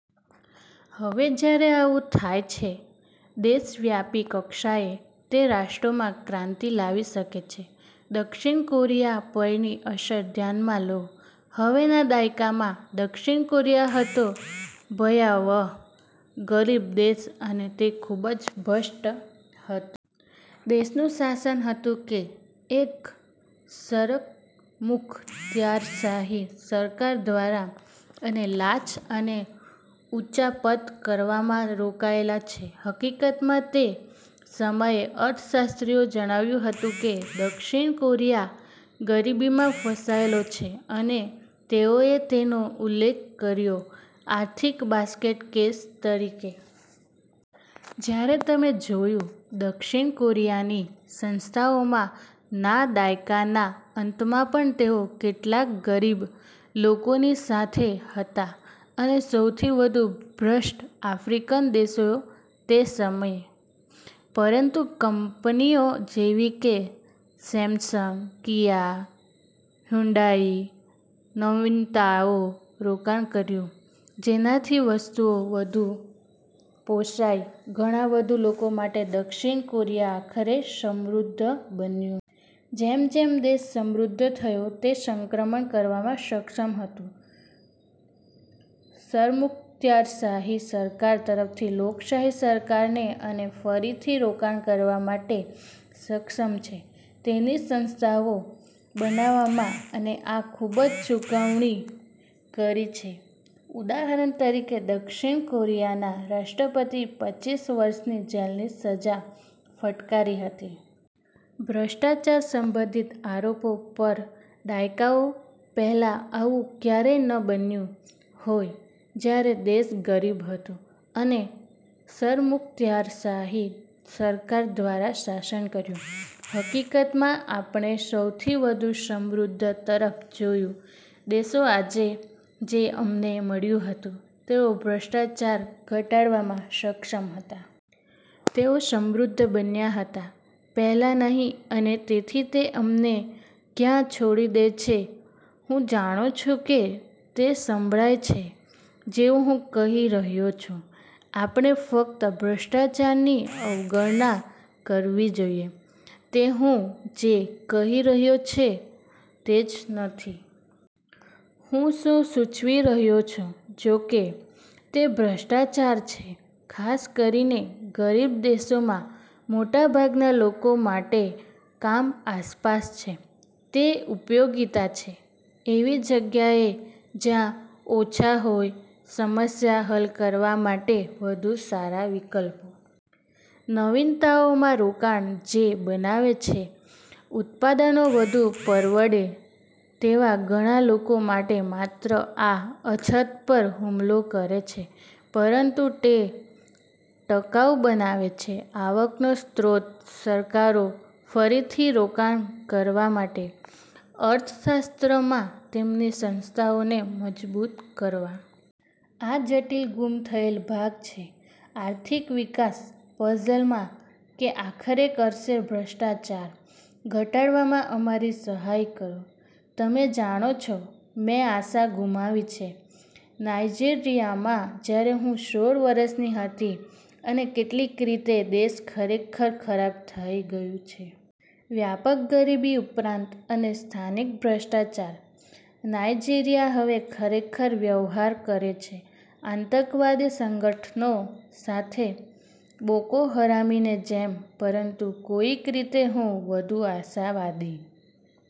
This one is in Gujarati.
હવે જ્યારે આવું થાય છે દેશવ્યાપી કક્ષાએ, તે રાષ્ટ્રોમાં ક્રાંતિ લાવી શકે છે. દક્ષિણ કોરિયા પરની અસર ધ્યાનમાં લો. હવે ના દાયકામાં, દક્ષિણ કોરિયા હતો ભયાવહ ગરીબ દેશ અને તે ખૂબ જ ભ્રષ્ટ હતું. દેશનું શાસન હતું એક સરમુખત્યારશાહી સરકાર દ્વારા અને લાંચ અને ઉચાપત કરવામાં રોકાયેલા છે. હકીકતમાં તે સમયે અર્થશાસ્ત્રીઓ જણાવ્યું હતું કે દક્ષિણ કોરિયા ગરીબીમાં ફસાયેલો છે અને તેઓએ તેનો ઉલ્લેખ કર્યો "આર્થિક બાસ્કેટ કેસ" તરીકે. જ્યારે તમે જોયું દક્ષિણ કોરિયાની સંસ્થાઓમાં ના દાયકાના અંતમાં પણ તેઓ કેટલાક ગરીબ લોકોની સાથે હતા અને સૌથી વધુ ભ્રષ્ટ આફ્રિકન દેશો તે સમયે. પરંતુ કંપનીઓ જેવી કે સેમસંગ, કિયા, હ્યુન્ડાઇ નવીનતાઓમાં રોકાણ કર્યું, જેનાથી વસ્તુઓ વધુ પોસાય ઘણા વધુ લોકો માટે, દક્ષિણ કોરિયા આખરે સમૃદ્ધ બન્યું. જેમ જેમ દેશ સમૃદ્ધ થયો, તે સંક્રમણ કરવામાં સક્ષમ હતું સરમુખત્યારશાહી સરકાર તરફથી લોકશાહી સરકારને અને ફરીથી રોકાણ કરવા માટે સક્ષમ છે તેની સંસ્થાઓ બનાવવામાં અને આ ખૂબ જ ચૂકવણી કરી છે. ઉદાહરણ તરીકે દક્ષિણ કોરિયાના રાષ્ટ્રપતિ પચીસ વર્ષની જેલની સજા ફટકારી હતી. ભ્રષ્ટાચાર સંબંધિત આરોપો પર દાયકાઓ પહેલાં આવું ક્યારેય ન બન્યું હોય જ્યારે દેશ ગરીબ હતો અને સરમુખત્યારશાહી સરકાર દ્વારા શાસન કર્યું. હકીકતમાં, આપણે સૌથી વધુ સમૃદ્ધ તરફ જોયું દેશો આજે, જે અમને મળ્યું હતું, તેઓ ભ્રષ્ટાચાર ઘટાડવામાં સક્ષમ હતા. તેઓ સમૃદ્ધ બન્યા હતા પહેલાં નહીં અને તેથી તે અમને ક્યાં છોડી દે છે હું જાણું છું કે તે સંભળાય છે જેવું હું કહી રહ્યો છું .આપણે ફક્ત ભ્રષ્ટાચારની અવગણના કરવી જોઈએ. તે હું જે કહી રહ્યો છું તે જ નથી. હું શું સૂચવી રહ્યો છું, જોકે, તે ભ્રષ્ટાચાર છે, ખાસ કરીને ગરીબ દેશોમાં મોટાભાગના લોકો માટે, કામ આસપાસ છે. તે ઉપયોગિતા છે એવી જગ્યાએ જ્યાં ઓછા હોય સમસ્યા હલ કરવા માટે વધુ સારા વિકલ્પો. નવીનતાઓમાં રોકાણ જે બનાવે છે ઉત્પાદનો વધુ પરવડે તેવા ઘણા લોકો માટે માત્ર આ અછત પર હુમલો કરે છે પરંતુ તે ટકાઉ બનાવે છે. આવકનો સ્ત્રોત સરકારો ફરીથી રોકાણ કરવા માટે અર્થશાસ્ત્ર માં તેમની સંસ્થાઓને મજબૂત કરવા. આ જટિલ ગુમ થયેલ ભાગ છે આર્થિક વિકાસ પઝલ માં કે આખરે કરશે ભ્રષ્ટાચાર ઘટાડવામાં અમારી સહાય કરો. તમે જાણો છો, મેં આશા ગુમાવી છે નાઇજીરીયામાં જ્યારે હું સોળ વર્ષની હતી. અને કેટલીક રીતે, દેશ ખરેખર ખરાબ થઈ ગયું છે. વ્યાપક ગરીબી ઉપરાંત અને સ્થાનિક ભ્રષ્ટાચાર, નાઇજીરીયા હવે ખરેખર વ્યવહાર કરે છે આતંકવાદી સંગઠનો સાથે બોકો હરામની જેમ. પરંતુ કોઈક રીતે, હું વધુ આશાવાદી